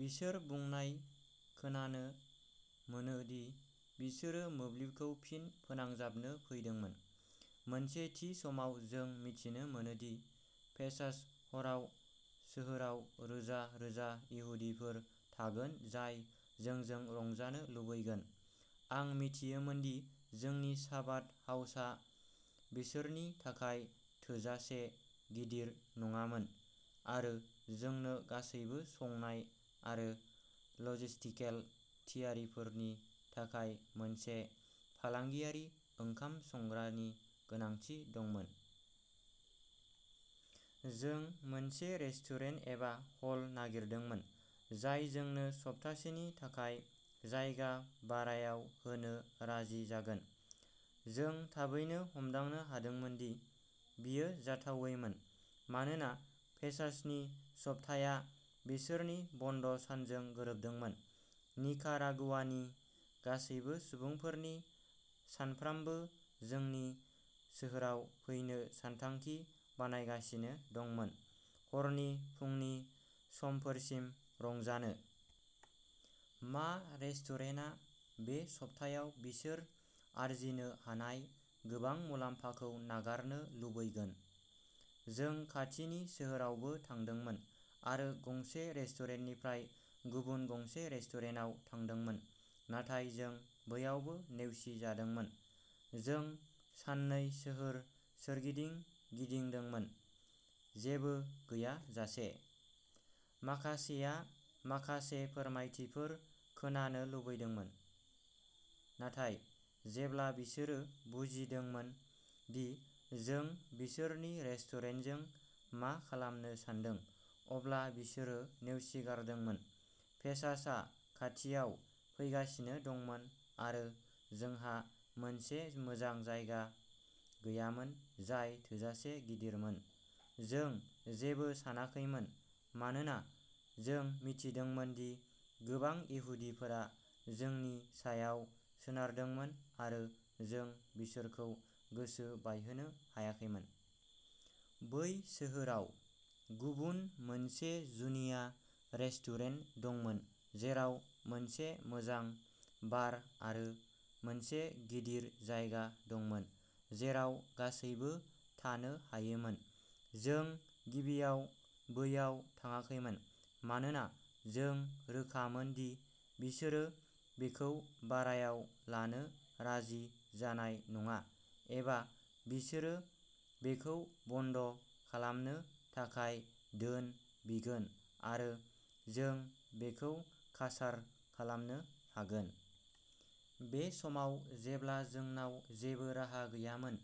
बिसोर बुंनाय खोनानो मोनो दि बिसोरो मोब्लिबखौ फिन फोनांजाबनो फैदोंमोन। "मोनसे थि समाव जों मिथिनो मोनो दि पेसाच हराव सोहोराव रोजा रोजा इहुदिफोर थागोन जाय जोंजों रंजानो लुबैगोन। आं मिथियोमोन दि जोंनि चाबाद हाउसआ बिसोरनि थाखाय थोजासे गिदिर नङामोन आरो जोंनो गासैबो संनाय आरो लजिस्टिकेल थियारिफोरनि थाखाय मोनसे फालांगियारि ओंखाम संग्रानि गोनांथि दंमोन। जों मोनसे रेस्टुरेन्ट एबा हल नागिरदोंमोन जाय जोंनो सप्तासेनि थाखाय जायगा भारायाव होनो राजि जागोन।" जों थाबैनो हमदांनो हादोंमोन दि बेयो जाथावैमोन मानोना पेसाचनि सप्ताया बिसोरनि बन्द'सानजों गोरोबदोंमोन। निकारागुआनि गासैबो सुबुंफोरनि सानफ्रामबो जोंनि सोहोराव फैनो सानथांखि बानायगासिनो दंमोन हरनि फुंनि समफोरसिम रंजानो। मा रेस्टुरेन्टआ बे सप्तायाव बिसोर आर्जिनो हानाय गोबां मुलाम्फाखौ नागारनो लुबैगोन? जों खाथिनि सोहोरावबो थांदोंमोन आरो गंसे रेस्टुरेन्टनिफ्राय गुबुन गंसे रेस्टुरेन्टाव थांदोंमोन, नाथाय जों बैयावबो नेवसिजादोंमोन। "जों साननै सोहोर सोरगिदिं गिदिंदोंमोन, जेबो गैयाजासे। माखासेया माखासे फोरमायथिफोर खोनानो लुबैदोंमोन, नाथाय जेब्ला बिसोरो बुजिदोंमोन दि जों बिसोरनि रेस्टुरेन्टजों मा खालामनो सानदों, अब्ला बिसोरो नेवसिगारदोंमोन। पेसाचआ खाथियाव फैगासिनो दंमोन आरो जोंहा मोनसे मोजां जायगा गैयामोन जाय थोजासे गिदिरमोन। जों जेबो सानाखैमोन, मानोना जों मिथिदोंमोन दि गोबां इहुदिफोरा जोंनि सायाव सोनारदोंमोन आरो जों बिसोरखौ गोसो बायहोनो हायाखैमोन।" बै सोहोराव गुबुन मोनसे जुनिया रेस्टुरेन्ट दंमोन जेराव मोनसे मोजां बार आरो मोनसे गिदिर जायगा दंमोन जेराव गासैबो थानो हायोमोन। जों गिबियाव बैयाव थाङाखैमोन, मानोना जों रोखामोन दि बिसोरो बेखौ भारायाव लानो राजि जानाय नङा एबा बिसोरो बेखौ बन्द खालामनो थाखाय धोन बिगोन आरो जों बेखौ कासार खालामनो हागोन। बे समाव, जेब्ला जोंनाव जेबो राहा गैयामोन,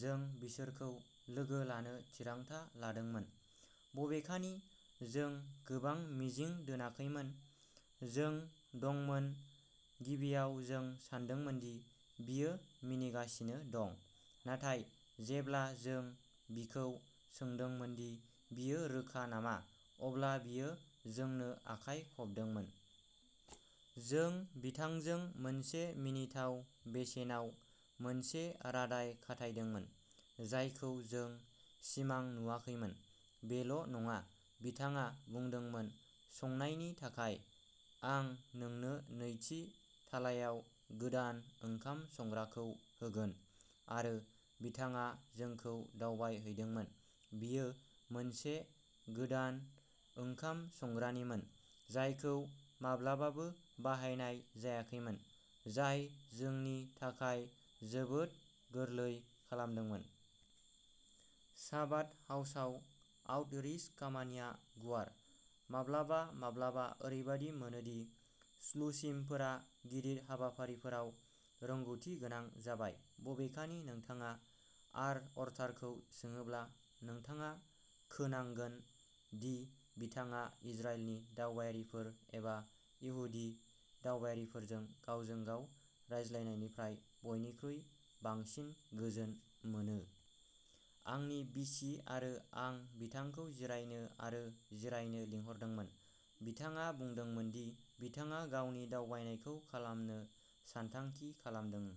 जों बिसोरखौ लोगो लानो थिरांथा लादोंमोन, बबेखानि जों गोबां मिजिं दोनाखैमोन। "जों दंमोन। गिबियाव जों सानदोंमोन दि बियो मिनिगासिनो दं, नाथाय जेब्ला जों बिखौ सोंदोंमोन दि बियो रोखा नामा, अब्ला बियो जोंनो आखाइ खबदोंमोन। जों बिथांजों मोनसे मिनिथाव बेसेनाव मोनसे रादाय खाथायदोंमोन, जायखौ जों सिमां नुवाखैमोन। बेल'नङा, बिथाङा बुंदोंमोन,'संनायनि थाखाय, आं नोंनो नैथि थालायाव गोदान ओंखाम संग्राखौ होगोन,'आरो बिथाङा जोंखौ दावबायहैदोंमोन। बेयो मोनसे गोदान ओंखाम संग्रानिमोन जायखौ माब्लाबाबो बाहायनाय जायाखैमोन, जाय जोंनि थाखाय जोबोद गोरलै खालामदोंमोन। चाबाद हाउसआव आउटरीच खामानिया गुवार। माब्लाबा माब्लाबा ओरैबायदि मोनो दि श्लुचिमफोरा गिदिर हाबाफारिफोराव रोंग'थिगोनां जाबाय। बबेखानि, नोंथाङा आर'अत्तारखौ सोङोब्ला, नोंथाङा खोनांगोन दि बिथाङा इजराइलनि दावबायारिफोर एबा इहुदि दावबायारिफोरजों गावजों गाव रायज्लायनायनिफ्राय बयनिख्रुइ बांसिन गोजोन मोनो। "आंनि बिसि आरो आं बिथांखौ जिरायनो आरो जिरायनो लिंहरदोंमोन। बिथाङा बुंदोंमोन दि बिथाङा गावनि दावबायनायखौ खालामनो सानथांखि खालामदों।